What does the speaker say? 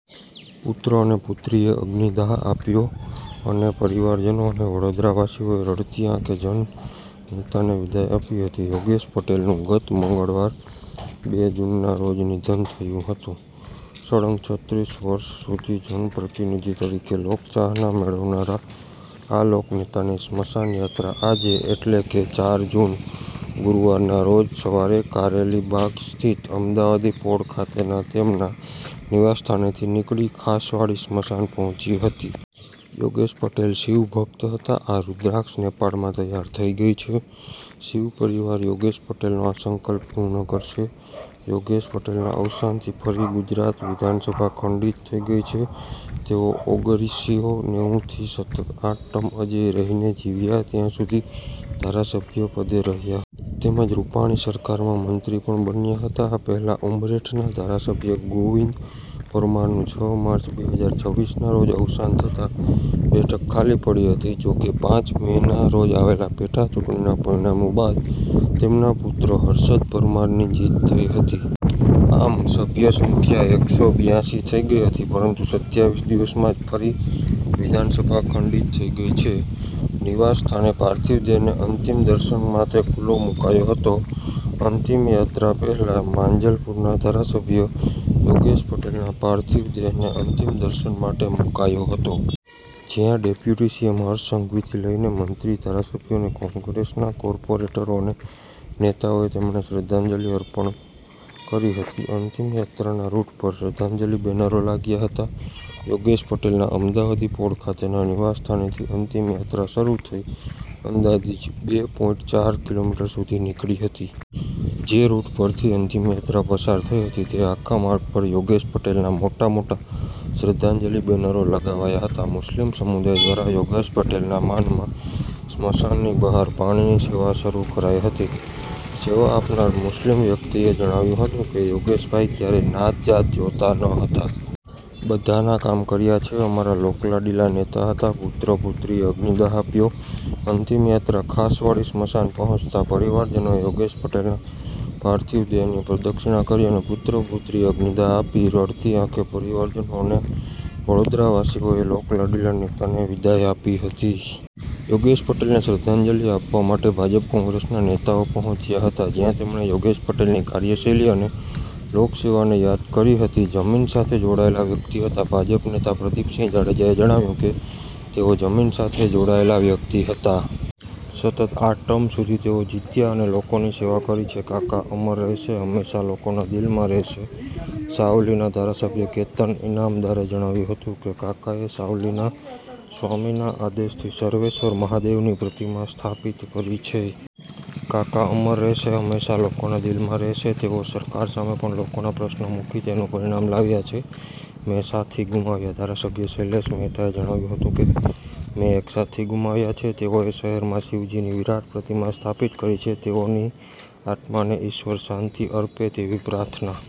પુત્ર અને પુત્રીએ અગ્નિદાહ આપ્યો, અને પરિવારજનો અને વડોદરાવાસીઓએ રડતી આંખે જન નેતાને વિદાય આપી હતી. યોગેશ પટેલનું ગત મંગળવાર, બે જૂનના રોજ નિધન થયું હતું. સળંગ છત્રીસ વર્ષ સુધી જનપ્રતિનિધિ તરીકે લોકચાહના મેળવનારા આ લોકનેતાની સ્મશાનયાત્રા આજે એટલે કે ચાર જૂન, ગુરૂવારના રોજ સવારે કારેલીબાગ સ્થિત 'અમદાવાદી પોળ' ખાતેના તેમના નિવાસસ્થાનેથી નીકળી, ખાસવાડી સ્મશાન પહોંચી હતી. યોગેશ પટેલ શિવ ભક્ત હતા. આ રુદ્રાક્ષ નેપાળમાં તૈયાર થઈ ગઈ છે. શિવ પરિવાર યોગેશ પટેલનો આ સંકલ્પ પૂર્ણ કરશે. યોગેશ પટેલના અવસાનથી ફરી ગુજરાત વિધાનસભા ખંડિત થઈ છે. તેઓ ઓગરીસો નેવું થી સતત આઠ ટર્મ અજેય રહીને જીવ્યા ત્યાં સુધી ધારાસભ્ય પદે રહ્યા. તેમજ રૂપાણી સરકારમાં મંત્રી પણ બન્યા હતા. આ પહેલાં ઉમરેઠના ધારાસભ્ય ગોવિંદ પરમારનું છ માર્ચ, બે હજાર છવીસના રોજ અવસાન થતાં બેઠક ખાલી પડી હતી. જોકે પાંચ મેના રોજ આવેલા પેટાચૂંટણીના પરિણામો બાદ તેમના પુત્ર હર્ષદ પરમારની જીત થઈ હતી. આમ સભ્ય સંખ્યા એકસો બિયાસી થઈ ગઈ હતી, પરંતુ સત્યાવીસ દિવસમાં જ ફરી વિધાનસભા ખંડિત થઈ ગઈ છે. નિવાસ સ્થાને પાર્થિવ દેહને અંતિમ દર્શન માટે મુકાયો હતો. અંતિમયાત્રા પહેલાં માંજલપુરના ધારાસભ્ય યોગેશ પટેલના પાર્થિવ દેહને અંતિમ દર્શન માટે મુકાયો હતો. જ્યાં ડેપ્યુટી સીએમ હર્ષ સંઘવીથી લઇને મંત્રી, ધારાસભ્યો અને કોંગ્રેસના કોર્પોરેટરો અને નેતાઓએ તેમણે શ્રદ્ધાંજલિ અપર્ણ કરી હતી. અંતિમયાત્રાના રૂટ પર શ્રદ્ધાંજલિ બેનરો લાગ્યા હતા. યોગેશ પટેલના 'અમદાવાદીપોળ' ખાતેના નિવાસ સ્થાનેથી અંતિમ યાત્રા શરૂ થઈ અંદાજિત બે પોઈન્ટ ચાર કિમી સુધી નીકળી હતી. જે રૂટ પરથી અંતિમયાત્રા પસાર થઈ હતી તે આખા માર્ગ પર યોગેશ પટેલના મોટા-મોટા શ્રદ્ધાંજલિ બેનરો લગાવાયા હતા. મુસ્લિમ સમુદાય દ્વારા યોગેશ પટેલના માનમાં સ્મશાનની બહાર પાણીની સેવા શરૂ કરાઈ હતી. સેવા આપનાર મુસ્લિમ વ્યક્તિએ જણાવ્યું હતું કે, "યોગેશભાઈ ક્યારેય નાત જાત જોતા ન હતા. બધાના કામ કર્યા છે. અમારા લોક લાડીલા નેતા હતા." પુત્ર-પુત્રીએ અગ્નિદાહ આપ્યો. અંતિમયાત્રા ખાસવાડી સ્મશાન પહોંચતા પરિવારજનોએ યોગેશ પટેલના પાર્થિવ દેહની પ્રદક્ષિણા કરી, અને પુત્ર-પુત્રીએ અગ્નિદાહ આપી રડતી આંખે પરિવારજનો અને વડોદરાવાસીઓએ લોકલાડીલા નેતાને વિદાય આપી હતી. યોગેશ પટેલને શ્રદ્ધાંજલિ આપવા માટે ભાજપ-કોંગ્રેસના નેતાઓ પહોંચ્યા હતા. જ્યાં તેમણે યોગેશ પટેલની કાર્યશૈલી અને લોકસેવાને યાદ કરી હતી. જમીન સાથે જોડાયેલા વ્યક્તિ હતા. ભાજપ નેતા પ્રદિપસિંહ જાડેજાએ જણાવ્યું કે "તેઓ જમીન સાથે જોડાયેલા વ્યક્તિ હતા. સતત આઠ ટર્મ સુધી તેઓ જીત્યા અને લોકોની સેવા કરી છે. કાકા અમર રહેશે, હંમેશા લોકોના દિલમાં રહેશે." સાવલીના ધારાસભ્ય કેતન ઈનામદારે જણાવ્યું હતું કે, "કાકાએ સાવલીના સ્વામીના આદેશથી સર્વેશ્વર મહાદેવની પ્રતિમા સ્થાપિત કરી છે. કાકા અમર રહેશે, હંમેશા લોકોના દિલમાં રહેશે. તેઓ સરકાર સામે પણ લોકોના પ્રશ્નો મૂકી તેનું પરિણામ લાવ્યા છે. મેં સાથી ગુમાવ્યા." ધારાસભ્ય શૈલેષ મહેતાએ જણાવ્યું હતું કે, "મેં એક સાથી ગુમાવ્યા છે. તેઓએ શહેરમાં શિવજીની વિરાટ પ્રતિમા સ્થાપિત કરી છે. તેઓની આત્માને ઈશ્વર શાંતિ અર્પે તેવી પ્રાર્થના."